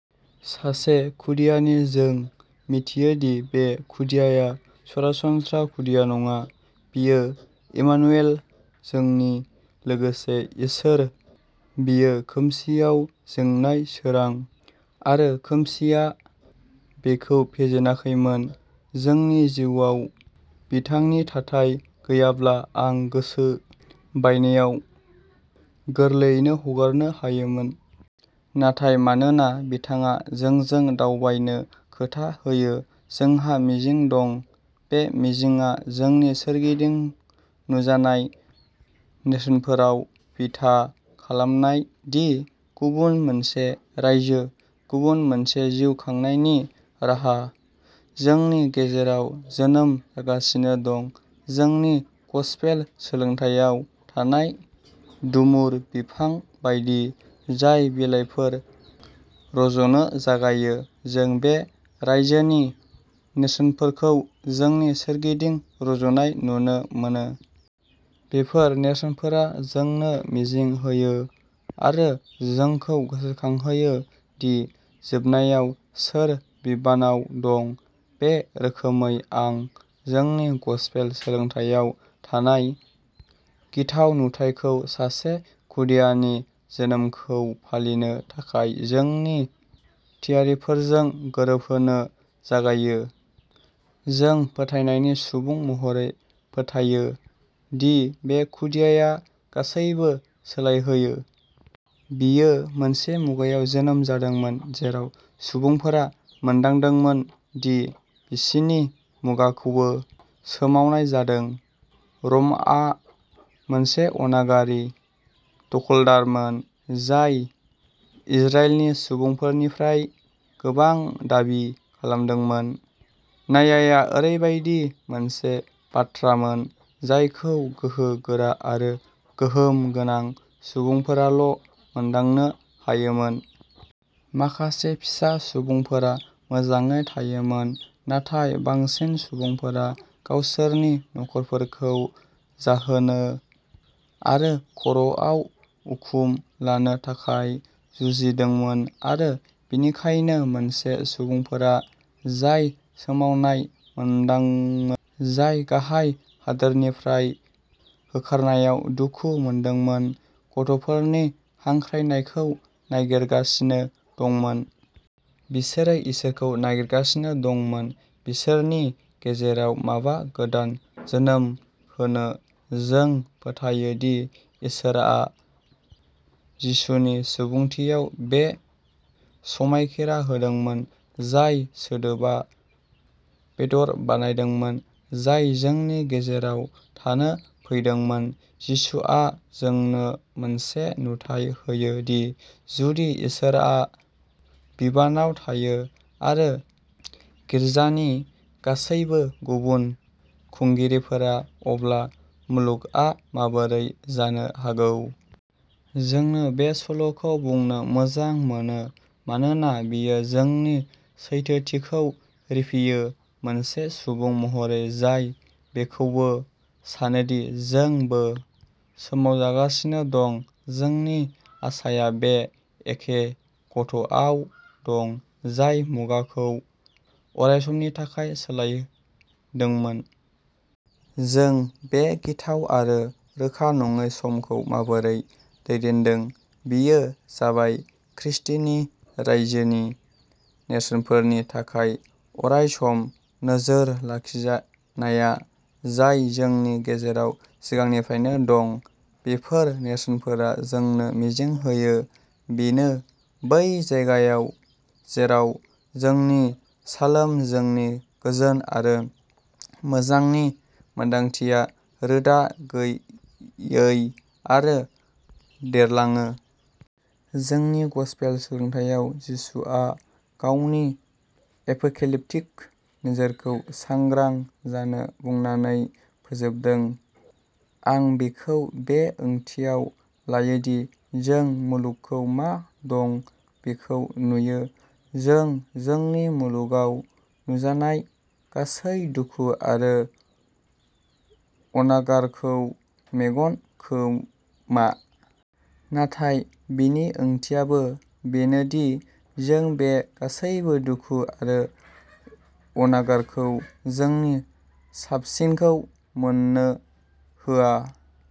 सासे खुदियानि जों मिथियो दि बे खुदियाया सरासनस्रा खुदिया नङा बियो इमानुएल, जोंनि लोगोसे इसोर। बियो खोमसिआव जोंनाय सोरां आरो खोमसिआ बिखौ फेजेनाखैमोन। जोंनि जिउआव बिथांनि थाथाय गैयाब्ला आं गोसो बायनायाव गोरलैयैनो हगारनो हायोमोन। नाथाय मानोना बिथाङा जोंजों दावबायनो खोथा होयो, जोंहा मिजिं दं। बे मिजिंआ जोंनि सोरगिदिं नुजानाय नेरसोनफोराव बिथा खालामनाय दि गुबुन मोनसे रायजो, गुबुन मोनसे जिउ खांनायनि राहा, जोंनि गेजेराव जोनोम जागासिनो दं। जोंनि गसपेल सोलोंथायाव थानाय डुमुर बिफां बायदि जाय बिलाइफोर रज'नो जागायो, जों बे रायजोनि नेरसोनफोरखौ जोंनि सोरगिदिं रज'नाय नुनो मोनो। बेफोर नेरसोनफोरा जोंनो मिजिं होयो आरो जोंखौ गोसोखांहोयो दि जोबनायाव सोर बिबानआव दं। बे रोखोमै आं जोंनि गसपेल सोलोंथायाव थानाय गिथाव नुथायखौ सासे खुदियानि जोनोमखौ फालिनो थाखाय जोंनि थियारिफोरजों गोरोबहोनो जागायो। जों, फोथायनायनि सुबुं महरै, फोथायो दि बे खुदियाया गासैबो सोलायहोयो। बियो मोनसे मुगायाव जोनोम जादोंमोन जेराव सुबुंफोरा मोनदांदोंमोन दि बिसिनि मुगाखौबो सोमावनाय जादों। रमआ मोनसे अनागारि दखलदारमोन जाय इजराइलनि सुबुंफोरनिफ्राय गोबां दाबि खालामदोंमोन। नायाआ ओरैबायदि मोनसे बाथ्रामोन जायखौ गोहो गोरा आरो गोहोम गोनां सुबुंफोराल' मोनदांनो हायोमोन। माखासे फिसा सुबुंफोरा मोजाङै थायोमोन, नाथाय बांसिन सुबुंफोरा गावसोरनि नखरफोरखौ जाहोनो आरो खर'आव उखुम लानो थाखाय जुजिदोंमोन। आरो बेनिखायनो, मोनसे सुबुंफोरा जाय सोमावनाय मोनदोंमोन, जाय गाहाय हादोरनिफ्राय होखारनायाव दुखु मोनदोंमोन, गथ'फोरनि हांख्रायनायखौ नागिरगासिनो दंमोन। बिसोरो इसोरखौ नागिरगासिनो दंमोन बिसोरनि गेजेराव माबा गोदान जोनोम होनो। जों फोथायोदि इसोरआ जिसुनि सुबुंथियाव बे समायखिरा होदोंमोन, जाय सोदोबा बेदर बानायदोंमोन, जाय जोंनि गेजेराव थानो फैदोंमोन। जिसुआ जोंनो मोनसे नुथाय होयो दि जुदि इसोरआ बिबानआव थायो आरो गिर्जानि गासैबो गुबुन खुंगिरिफोरा, अब्ला मुलुगआ माबोरै जानो हागौ। जोंनो बे सल'खौ बुंनो मोजां मोनो मानोना बेयो जोंनि सैथोथिखौ रिफियो। मोनसे सुबुं महरै जाय बेखौबो सानो दि जों बो सोमावजागासिनो दं, जोंनि आसाया बे एखे गथ'आव दं जाय मुगाखौ अरायसमनि थाखाय सोलायदोंमोन। जों बे गिथाव आरो रोखा नङै समखौ माबोरै दैदेनदों, बेयो जाबाय ख्रीष्टिनि रायजोनि नेरसोनफोरनि थाखाय अरायसम नोजोर लाखिनाया जाय जोंनि गेजेराव सिगांनिफ्रायनो दं। बेफोर नेरसोनफोरा जोंनो मिजिं होयो। बेनो बै जायगा जेराव जोंनि शालोम, जोंनि गोजोन आरो मोजांनि मोनदांथिया रोदा गैयै आरो देरलाङो। जोंनि गसपेल सोलोंथायाव, जिसुआ गावनि एपोकेलिप्टिक नोजोरखौ सांग्रां जानो बुंनानै फोजोबदों। आं बेखौ बे ओंथियाव लायो दि जों मुलुगखौ मा दं बेखौ नुयो। जों जोंनि मुलुगाव नुजानाय गासै दुखु आरो अनागारखौ मेगन खोमा। नाथाय बेनि ओंथियाबो बेनो दि जों बे गासैबो दुखु आरो अनागारखौ जोंनि साबसिनखौ मोननो होआ।